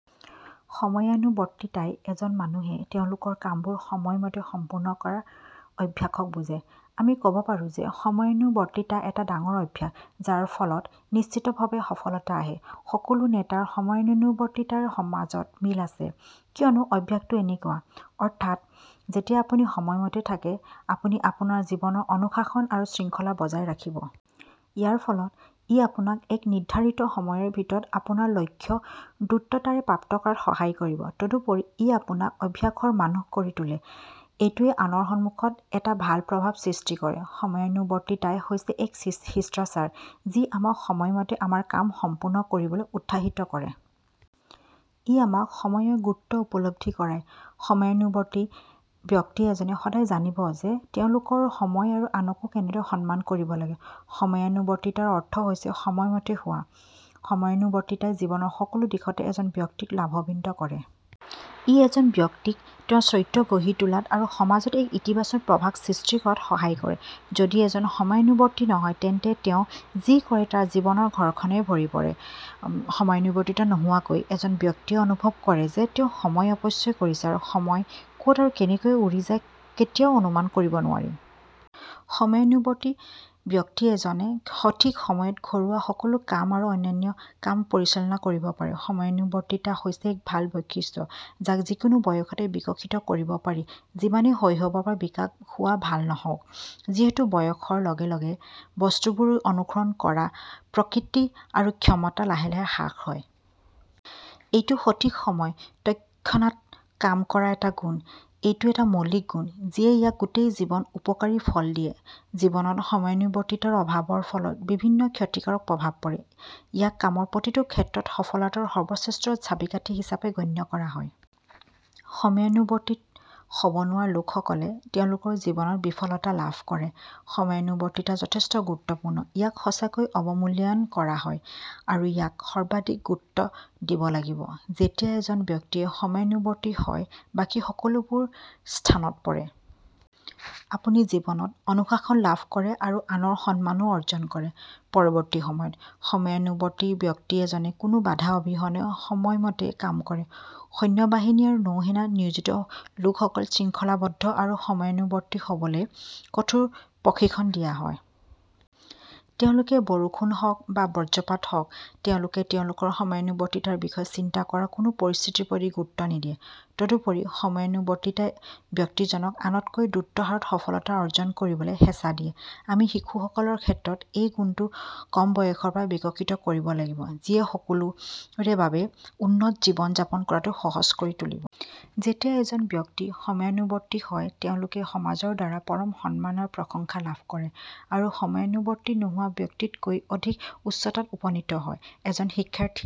সময়ানুৱৰ্তীতাই এজন মানুহে তেওঁলোকৰ কামবোৰ সময়মতে সম্পূৰ্ণ কৰাৰ অভ্যাসক বুজায়। আমি ক'ব পাৰোঁ যে সময়ানুৱৰ্তীতা এটা ডাঙৰ অভ্যাস যাৰ ফলত নিশ্চিতভাৱে সফলতা হয়। সকলো নেতাৰ সময়ানুৱৰ্তীতাৰ মাজত মিল আছে কিয়নো অভ্যাসটো এনেকুৱা। অৰ্থাৎ, যেতিয়া আপুনি সময়মতে থাকে, আপুনি আপোনাৰ জীৱনৰ অনুশাসন আৰু শৃংখলা বজাই ৰাখিব। ইয়াৰ ফলত, ই আপোনাক এক নিৰ্ধাৰিত সময়ৰ ভিতৰত আপোনাৰ লক্ষ্য দ্ৰুততাৰে প্ৰাপ্ত কৰাত সহায় কৰিব। তদুপৰি, ই আপোনাক অভ্যাসৰ মানুহ কৰি তোলে। এইটোৱে আনৰ সন্মুখত এটা ভাল প্ৰভাৱ সৃষ্টি কৰে। সময়ানুৱৰ্তীতা হৈছে এক শিষ্টাচাৰ যি আমাক সময়মতে আমাৰ কাম সম্পূৰ্ণ কৰিবলৈ উৎসাহিত কৰে। ই আমাক সময়ৰ গুৰুত্ব উপলব্ধি কৰায়। সময়ানুৱৰ্তী ব্যক্তি এজনে সদায় জানিব যে তেওঁলোকৰ সময় আৰু আনকো কেনেদৰে সন্মান কৰিব লাগে। সময়ানুৱৰ্তীতাৰ অৰ্থ হৈছে সময়মতে হোৱা। সময়ানুৱৰ্তীতাই জীৱনৰ সকলো দিশতে এজন ব্যক্তিক লাভান্বিত কৰে। ই এজন ব্যক্তিক তেওঁৰ চৰিত্ৰ গঢ়ি তোলাত আৰু সমাজত এক ইতিবাচক প্ৰভাৱ সৃষ্টি কৰাত সহায় কৰে। যদি এজন সময়ানুৱৰ্তী নহয়, তেন্তে তেওঁ াই যি কৰে তাৰ জীৱন ঘৰ্ষণেৰে ভৰি পৰে। সময়ানুৱৰ্তী নোহোৱাকৈ, এজন ব্যক্তিয়ে অনুভৱ কৰে যে তেওঁ সময় অপচয় কৰিছে আৰু সময় ক'ত আৰু কেনেকৈ উৰিযায়, কেতিয়াও অনুমান কৰিব নোৱাৰি। সময়ানুৱৰ্তী ব্যক্তি এজনে সঠিক সময়ত ঘৰুৱা সকলো কাম আৰু অন্যান্য কাম পৰিচালনা কৰিব পাৰে। সময়ানুৱৰ্তীতা হৈছে এক ভাল বৈশিষ্ট্য যাক যিকোনো বয়সতে বিকশিত কৰিব পাৰি যিমানেই শৈশৱৰ পৰা বিকাশ হোৱা ভাল নহওঁক; যিহেতু বয়সৰ লগে লগে বস্তুবোৰ অনুসৰণ কৰাৰ প্ৰকৃতি আৰু ক্ষমতা লাহে লাহে হ্ৰাস হয়। এইটো সঠিক সময়ত তৎক্ষণাৎ কাম কৰাৰ এটা গুণ। এইটো এটা মৌলিক গুণ যিয়ে ইয়াক গোটেই জীৱন উপকাৰী ফল দিয়ে। জীৱনত সময়ানুৱৰ্তীতাৰ অভাৱৰ ফলত বিভিন্ন ক্ষতিকাৰক প্ৰভাৱ পৰে। ইয়াক কামৰ প্ৰতিটো ক্ষেত্ৰত সফলতাৰ সৰ্বশ্ৰেষ্ঠ চাবিকাঠি হিচাপে গণ্য কৰা হয়। সময়ানুৱৰ্তী হ'ব নোৱাৰা লোকসকলে তেওঁলোকৰ জীৱনত বিফলতা লাভ কৰে। সময়ানুৱৰ্তীতা যথেষ্ট গুৰুত্বপূৰ্ণ, ইয়াক সঁচাকৈয়ে অৱমূল্যায়ন কৰা হয় আৰু ইয়াক সৰ্বাধিক গুৰুত্ব দিব লাগিব। যেতিয়া এজন ব্যক্তি সময়ানুৱৰ্তী হয়, বাকী সকলো বোৰ স্থানত পৰে। আপুনি জীৱনত অনুশাসন লাভ কৰে আৰু আনৰ সন্মানও অৰ্জন কৰে। পৰৱৰ্তী সময়ত, সময়ানুৱৰ্তী ব্যক্তি এজনে কোনো বাধা অবিহনে সময়মতে কাম কৰে। সৈন্য বাহিনী আৰু নৌসেনাত নিয়োজিত লোকসকলক শৃংখলাবদ্ধ আৰু সময়ানুৱৰ্তী হ'বলৈ কঠোৰ প্ৰশিক্ষণ দিয়া হয়। তেওঁলোকে বৰষুণ হওঁক বা বজ্ৰপাত হওঁক, তেওঁলোকে তেওঁলোকৰ সময়ানুৱৰ্তীতাৰ বিষয়ে চিন্তা কৰা কোনো পৰিস্থিতিৰ প্ৰতি গুৰুত্ব নিদিয়ে। তদুপৰি, সময়ানুৱৰ্তীতাই ব্যক্তিজনক আনতকৈ দ্ৰুত হাৰত সফলতা অৰ্জন কৰিবলৈ হেঁচা দিয়ে। আমি শিশুসকলৰ ক্ষেত্ৰত এই গুণটো কম বয়সৰ পৰাই বিকশিত কৰিব লাগিব যিয়ে সকলোৰে বাবে উন্নত জীৱন যাপন কৰাটো সহজ কৰি তুলিব। যেতিয়া এজন ব্যক্তি সময়ানুৱৰ্তী হয়, তেওঁলোকে সমাজৰ দ্বাৰা পৰম সন্মান আৰু প্ৰশংসা লাভ কৰে আৰু সময়ানুৱৰ্তী নোহোৱা ব্যক্তিতকৈ অধিক উচ্চতাত উপনীত হয়। এজন শিক্ষাৰ্থীয়ে